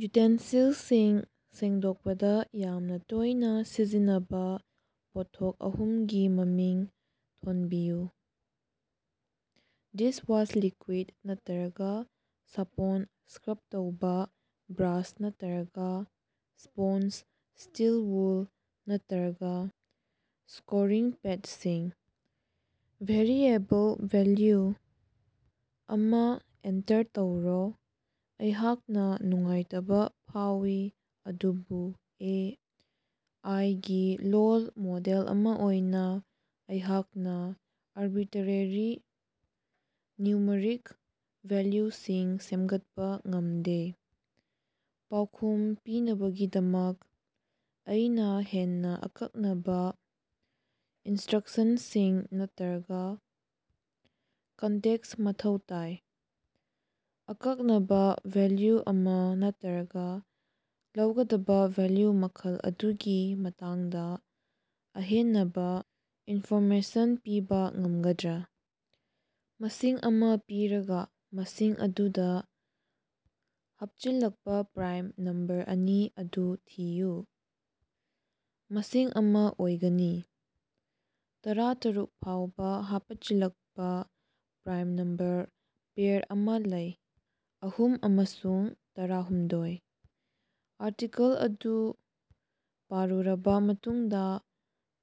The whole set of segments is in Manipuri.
ꯌꯨꯇꯦꯟꯁꯤꯜꯁꯤꯡ ꯁꯦꯡꯗꯣꯛꯄꯗ ꯌꯥꯝꯅ ꯇꯣꯏꯅ ꯁꯤꯖꯤꯟꯅꯕ ꯄꯣꯠꯊꯣꯛ ꯑꯍꯨꯝ ꯒꯤ ꯃꯃꯤꯡ ꯊꯣꯟꯕꯤꯌꯨ꯫ ꯗꯤꯁꯋꯥꯁ ꯂꯤꯀ꯭ꯌꯨꯏꯗ ꯅꯠꯇꯔꯒ ꯁꯥꯄꯣꯟ ꯁꯀ꯭ꯔꯕ ꯇꯧꯕ ꯕ꯭ꯔꯥꯁ ꯅꯠꯇꯔꯒ ꯁ꯭ꯄꯣꯟꯖ ꯁ꯭ꯇꯤꯜ ꯎꯜ ꯅꯠꯇꯔꯒ ꯁ꯭ꯀꯣꯔꯤꯡ ꯄꯦꯗꯁꯤꯡ꯫ ꯚꯦꯔꯤꯑꯦꯕꯜ ꯚꯦꯜꯌꯨ ꯑꯃꯥ ꯑꯦꯟꯇꯔ ꯇꯧꯔꯣ. ꯑꯩꯍꯥꯛꯅ ꯅꯨꯡꯉꯥꯏꯇꯕ ꯐꯥꯎꯏ, ꯑꯗꯨꯕꯨ ꯑꯦ. ꯑꯥꯏ. ꯒꯤ ꯂꯣꯜ ꯃꯣꯗꯦꯜ ꯑꯃ ꯑꯣꯏꯅ ꯑꯩꯍꯥꯛꯅ ꯑꯔꯕꯤꯇꯔꯦꯔꯤ ꯅ꯭ꯌꯨꯃꯔꯤꯛ ꯚꯦꯜꯌꯨꯁꯤꯡ ꯁꯦꯝꯒꯠꯄ ꯉꯝꯗꯦ꯫ ꯄꯥꯎꯈꯨꯝ ꯄꯤꯅꯕꯒꯤꯗꯃꯛ ꯑꯩꯅ ꯍꯦꯟꯅ ꯑꯀꯛꯅꯕ ꯏꯟꯁ꯭ꯇꯔꯛꯁꯟꯁꯤꯡ ꯅꯠꯇꯔꯒ ꯀꯟꯇꯦꯛꯁ ꯃꯊꯧ ꯇꯥꯏ꯫ ꯑꯀꯛꯅꯕ ꯚꯦꯜꯌꯨ ꯑꯃ ꯅꯠꯇꯔꯒ ꯂꯧꯒꯗꯕ ꯚꯦꯜꯌꯨ ꯃꯈꯜ ꯑꯗꯨꯒꯤ ꯃꯇꯥꯡꯗ ꯑꯍꯦꯅꯕ ꯏꯟꯐꯣꯔꯃꯦꯁꯟ ꯄꯤꯕ ꯉꯝꯒꯗ꯭ꯔ? ꯃꯁꯤꯡ ꯑꯃꯥ ꯄꯤꯔꯒ, ꯃꯁꯤꯡ ꯑꯗꯨꯗ ꯍꯥꯞꯆꯤꯜꯂꯛꯄ ꯄ꯭ꯔꯥꯏꯝ ꯅꯝꯕꯔ ꯑꯅꯤ ꯑꯗꯨ ꯊꯤꯌꯨ꯫ ꯃꯁꯤꯡ ꯑꯃ ꯑꯣꯏꯒꯅꯤ꯫ ꯇꯔꯥꯇꯔꯨꯛ ꯐꯥꯎꯕ ꯍꯥꯄꯆꯤꯜꯂꯛꯄ ꯄ꯭ꯔꯥꯏꯝ ꯅꯝꯕꯔ ꯄꯦꯔ ꯑꯃꯥ ꯂꯩ: ꯑꯍꯨꯝ ꯑꯃꯁꯨꯡ ꯇꯔꯥꯍꯨꯝꯗꯣꯏ꯫ ꯑꯥꯔꯇꯤꯀꯜ ꯑꯗꯨ ꯄꯥꯔꯨꯔꯕꯥ ꯃꯇꯨꯡꯗꯥ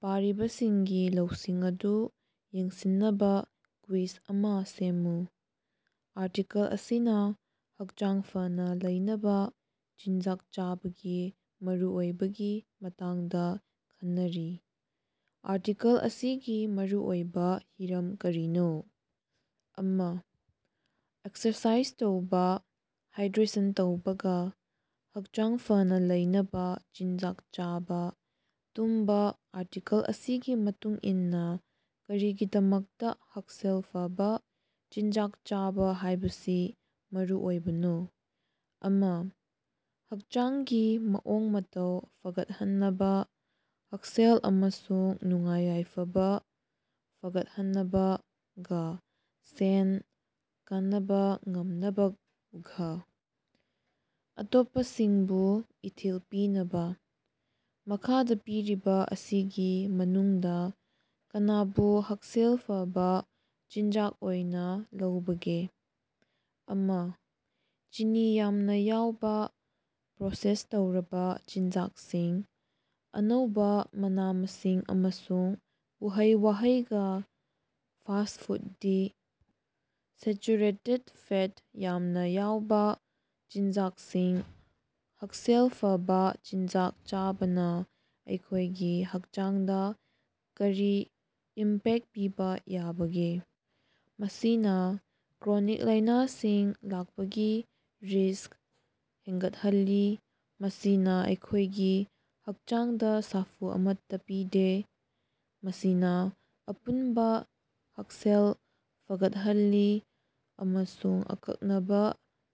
ꯄꯥꯔꯤꯕꯁꯤꯡꯒꯤ ꯂꯧꯁꯤꯡ ꯑꯗꯨ ꯌꯦꯡꯁꯤꯟꯅꯕ ꯀ꯭ꯋꯤꯖ ꯑꯃꯥ ꯁꯦꯝꯃꯨ꯫ ꯑꯥꯔꯇꯤꯀꯜ ꯑꯁꯤꯅ ꯍꯛꯆꯥꯡ ꯐꯅ ꯂꯩꯅꯕ ꯆꯤꯟꯖꯥꯛ ꯆꯥꯕꯒꯤ ꯃꯔꯨꯑꯣꯏꯕꯒꯤ ꯃꯇꯥꯡꯗ ꯈꯟꯅꯔꯤ꯫ ꯑꯥꯔꯇꯤꯀꯜ ꯑꯁꯤꯒꯤ ꯃꯔꯨꯑꯣꯏꯕ ꯍꯤꯔꯝ ꯀꯔꯤꯅꯣ? ꯑꯃ. ꯑꯦꯛꯁꯔꯁꯥꯏꯖ ꯇꯧꯕꯥ. ꯍꯥꯏꯗ꯭ꯔꯦꯁꯟ ꯇꯧꯕꯥ ꯒ. ꯍꯛꯆꯥꯡ ꯐꯅ ꯂꯩꯅꯕ ꯆꯤꯟꯖꯥꯛ ꯆꯥꯕꯥ. ꯇꯨꯝꯕꯥ ꯑꯥꯔꯇꯤꯀꯜ ꯑꯁꯤꯒꯤ ꯃꯇꯨꯡꯏꯟꯅ, ꯀꯔꯤꯒꯤꯗꯃꯛꯇ ꯍꯛꯁꯦꯜ ꯐꯕ ꯆꯤꯟꯖꯥꯛ ꯆꯥꯕ ꯍꯥꯏꯕꯁꯤ ꯃꯔꯨꯑꯣꯏꯕꯅꯣ? ꯑꯃ. ꯍꯛꯆꯥꯡꯒꯤ ꯃꯑꯣꯡ-ꯃꯇꯧ ꯐꯒꯠꯍꯟꯅꯕ. ꯍꯛꯁꯦꯜ ꯑꯃꯁꯨꯡ ꯅꯨꯡꯉꯥꯏ-ꯌꯥꯏꯐꯕ ꯐꯒꯠꯍꯟꯅꯕ ꯒ. ꯁꯦꯟ ꯀꯅꯕ ꯉꯝꯅꯕ ꯘ. ꯑꯇꯣꯞꯄꯁꯤꯡꯕꯨ ꯏꯊꯤꯜ ꯄꯤꯅꯕ꯫ ꯃꯈꯥꯗ ꯄꯤꯔꯤꯕ ꯑꯁꯤꯒꯤ ꯃꯅꯨꯡꯗ ꯀꯅꯥꯕꯨ ꯍꯛꯁꯦꯜ ꯐꯕ ꯆꯤꯟꯖꯥꯛ ꯑꯣꯏꯅ ꯂꯧꯕꯒꯦ? ꯑꯃ. ꯆꯤꯅꯤ ꯌꯥꯝꯅ ꯌꯥꯎꯕꯥ ꯄ꯭ꯔꯣꯁꯦꯁ ꯇꯧꯔꯕ ꯆꯤꯟꯖꯥꯛꯁꯤꯡ. ꯑꯅꯧꯕꯥ ꯃꯅꯥ-ꯃꯁꯤꯡ ꯑꯃꯁꯨꯡ ꯎꯍꯩ-ꯋꯥꯍꯩ ꯒ. ꯐꯥꯁ꯭ꯠ ꯐꯨꯗ ꯗꯤ. ꯁꯦꯆꯨꯔꯦꯇꯦꯗ ꯐꯦꯠ ꯌꯥꯝꯅꯥ ꯌꯥꯎꯕꯥ ꯆꯤꯟꯖꯥꯛꯁꯤꯡ ꯍꯛꯁꯦꯜ ꯐꯕꯥ ꯆꯤꯟꯖꯥꯛ ꯆꯥꯕꯅ ꯑꯩꯈꯣꯏꯒꯤ ꯍꯛꯆꯥꯡꯗꯥ ꯀꯔꯤ ꯏꯝꯄꯦꯛ ꯄꯤꯕ ꯌꯥꯕꯒꯦ? ꯃꯁꯤꯅ ꯀ꯭ꯔꯣꯅꯤꯛ ꯂꯥꯏꯅꯥꯁꯤꯡ ꯂꯥꯛꯄꯒꯤ ꯔꯤꯁ꯭ꯛ ꯍꯦꯡꯒꯠꯍꯜꯂꯤ, ꯃꯁꯤꯅ ꯑꯩꯈꯣꯏꯒꯤ ꯍꯛꯆꯥꯡꯗ ꯁꯥꯐꯨ ꯑꯃꯠꯇ ꯄꯤꯗꯦ, ꯃꯁꯤꯅꯥ ꯑꯄꯨꯟꯕ ꯍꯛꯁꯦꯜ ꯐꯒꯠꯍꯜꯂꯤ ꯑꯃꯁꯨꯡ ꯑꯀꯛꯅꯕ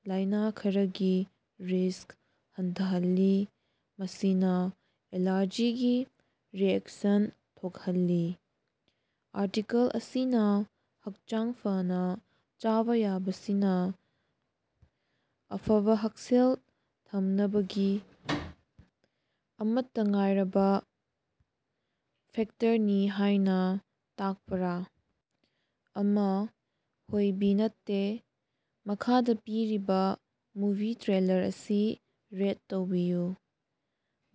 ꯂꯥꯏꯅ ꯈꯔꯒꯤ ꯔꯤꯁ꯭ꯛ ꯍꯟꯊꯍꯜꯂꯤ, ꯃꯁꯤꯅ ꯑꯦꯂꯥꯔꯖꯤꯒꯤ ꯔꯤꯑꯦꯛꯁꯟ ꯊꯣꯛꯍꯜꯂꯤ꯫ ꯑꯥꯔꯇꯤꯀꯜ ꯑꯁꯤꯅ ꯍꯛꯆꯥꯡ ꯐꯅ ꯆꯥꯚꯥꯌꯥꯕꯁꯤꯅ ꯑꯐꯕ ꯍꯛꯁꯦꯜ ꯊꯝꯅꯕꯒꯤ ꯑꯃꯠꯇ ꯉꯥꯏꯔꯕ ꯐꯦꯛꯇꯔꯅꯤ ꯍꯥꯏꯅ ꯇꯥꯛꯄꯔꯥ? ꯑꯃ. ꯍꯣꯏ ꯕꯤ. ꯅꯠꯇꯦ꯫ ꯃꯈꯥꯗ ꯄꯤꯔꯤꯕ ꯃꯨꯚꯤ ꯇ꯭ꯔꯦꯂꯔ ꯑꯁꯤ ꯔꯦꯠ ꯇꯧꯕꯤꯌꯨ꯫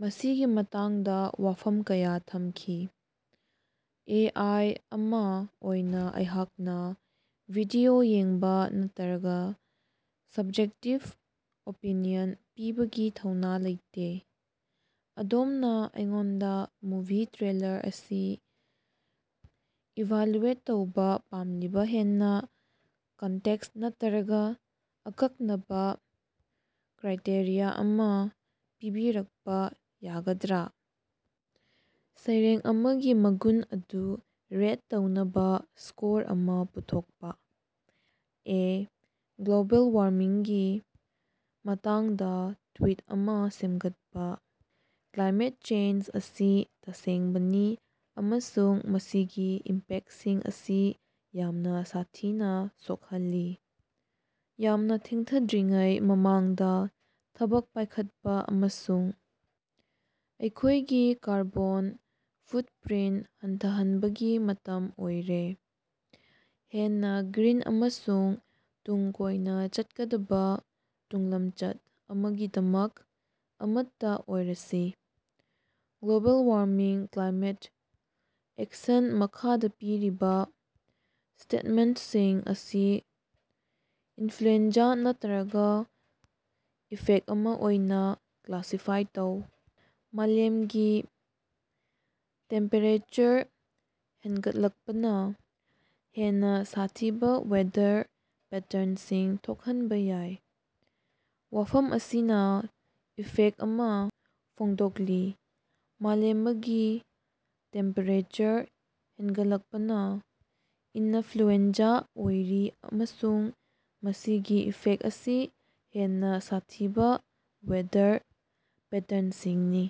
ꯃꯁꯤꯒꯤ ꯃꯇꯥꯡꯗꯥ ꯋꯥꯐꯝ ꯀꯌꯥ ꯊꯝꯈꯤ꯫ ꯑꯦ. ꯑꯥꯏ. ꯑꯃꯥ ꯑꯣꯏꯅ ꯑꯩꯍꯥꯛꯅ ꯚꯤꯗꯤꯑꯣ ꯌꯦꯡꯕ ꯅꯠꯇꯔꯒ ꯁ꯭ꯕꯖꯦꯛꯇꯤꯕ ꯑꯣꯄꯤꯅꯤꯌꯟ ꯄꯤꯕꯒꯤ ꯊꯧꯅꯥ ꯂꯩꯇꯦ꯫ ꯑꯗꯣꯝꯅ ꯑꯩꯉꯣꯟꯗ ꯃꯨꯚꯤ ꯇ꯭ꯔꯦꯂꯔ ꯑꯁꯤ ꯏꯚꯥꯂꯨꯑꯦꯠ ꯇꯧꯕ ꯄꯥꯝꯂꯤꯕ ꯍꯦꯟꯅ ꯀꯟꯇꯦꯛꯁ ꯅꯠꯇꯔꯒ ꯑꯀꯛꯅꯕ ꯀ꯭ꯔꯥꯏꯇꯦꯔꯤꯌꯥ ꯑꯃ ꯄꯤꯕꯤꯔꯛꯄ ꯌꯥꯒꯗ꯭ꯔꯥ? ꯁꯩꯔꯦꯡ ꯑꯃꯒꯤ ꯃꯒꯨꯟ ꯑꯗꯨ ꯔꯦꯠ ꯇꯧꯅꯕ ꯁ꯭ꯀꯣꯔ ꯑꯃ ꯄꯨꯊꯣꯛꯄꯥ꯫ ꯑꯦ. ꯒ꯭ꯂꯣꯕꯦꯜ ꯋꯥꯔꯃꯤꯡꯒꯤ ꯃꯇꯥꯡꯗꯥ ꯇ꯭ꯋꯤꯠ ꯑꯃꯥ ꯁꯦꯝꯒꯠꯄ꯫ ꯀ꯭ꯂꯥꯏꯃꯦꯠ ꯆꯦꯟꯖ ꯑꯁꯤ ꯇꯁꯦꯡꯕꯅꯤ ꯑꯃꯁꯨꯡ ꯃꯁꯤꯒꯤ ꯏꯝꯄꯦꯛꯁꯤꯡ ꯑꯁꯤ ꯌꯥꯝꯅ ꯁꯥꯊꯤꯅ ꯁꯣꯛꯍꯜꯂꯤ꯫ ꯌꯥꯝꯅ ꯊꯦꯡꯊꯗ꯭ꯔꯤꯉꯩ ꯃꯃꯥꯡꯗ ꯊꯕꯛ ꯄꯥꯏꯈꯠꯄ ꯑꯃꯁꯨꯡ ꯑꯩꯈꯣꯏꯒꯤ ꯀꯥꯔꯕꯣꯟ ꯐꯨꯠꯄ꯭ꯔꯤꯟꯠ ꯍꯟꯊꯍꯟꯕꯒꯤ ꯃꯇꯝ ꯑꯣꯏꯔꯦ꯫ ꯍꯦꯟꯅ ꯒ꯭ꯔꯤꯟ ꯑꯃꯁꯨꯡ ꯇꯨꯡ ꯀꯣꯏꯅ ꯆꯠꯀꯗꯕ ꯇꯨꯡꯂꯝꯆꯠ ꯑꯃꯒꯤꯗꯃꯛ ꯑꯃꯠꯇꯥ ꯑꯣꯏꯔꯁꯤ꯫ ꯒ꯭ꯂꯣꯕꯦꯜꯋꯥꯔꯃꯤꯡ ꯀ꯭ꯂꯥꯏꯃꯦꯠ ꯑꯦꯛꯁꯟ ꯃꯈꯥꯗ ꯄꯤꯔꯤꯕ ꯁ꯭ꯇꯦꯠꯃꯦꯟꯠꯁꯤꯡ ꯑꯁꯤ ꯏꯟꯐ꯭ꯂꯨꯑꯦꯟꯖꯥ ꯅꯠꯇꯔꯒ ꯏꯐꯦꯛ ꯑꯃ ꯑꯣꯏꯅ ꯀ꯭ꯂꯥꯁꯤꯐꯥꯏ ꯇꯧ: "ꯃꯥꯂꯦꯝꯒꯤ ꯇꯦꯝꯄꯦꯔꯦꯆꯔ ꯍꯦꯟꯒꯠꯂꯛꯄꯅ ꯍꯦꯟꯅ ꯁꯥꯊꯤꯕ ꯋꯦꯗꯔ ꯄꯦꯇꯔꯟꯁꯤꯡ ꯊꯣꯛꯍꯟꯕ ꯌꯥꯏ"꯫ ꯋꯥꯐꯝ ꯑꯁꯤꯅ ꯏꯐꯦꯛ ꯑꯃ ꯐꯣꯡꯗꯣꯛꯂꯤ꯫ ꯃꯥꯂꯦꯃꯒꯤ ꯇꯦꯝꯄꯦꯔꯦꯆꯔ ꯍꯦꯟꯒꯠꯂꯛꯄꯅ ꯏꯅꯐ꯭ꯂꯨꯑꯦꯟꯖꯥ ꯑꯣꯏꯔꯤ, ꯑꯃꯁꯨꯡ ꯃꯁꯤꯒꯤ ꯏꯐꯦꯛ ꯑꯁꯤ ꯍꯦꯟꯅ ꯁꯥꯊꯤꯕ ꯋꯦꯗꯔ ꯄꯦꯇꯔꯟꯁꯤꯡꯅꯤ꯫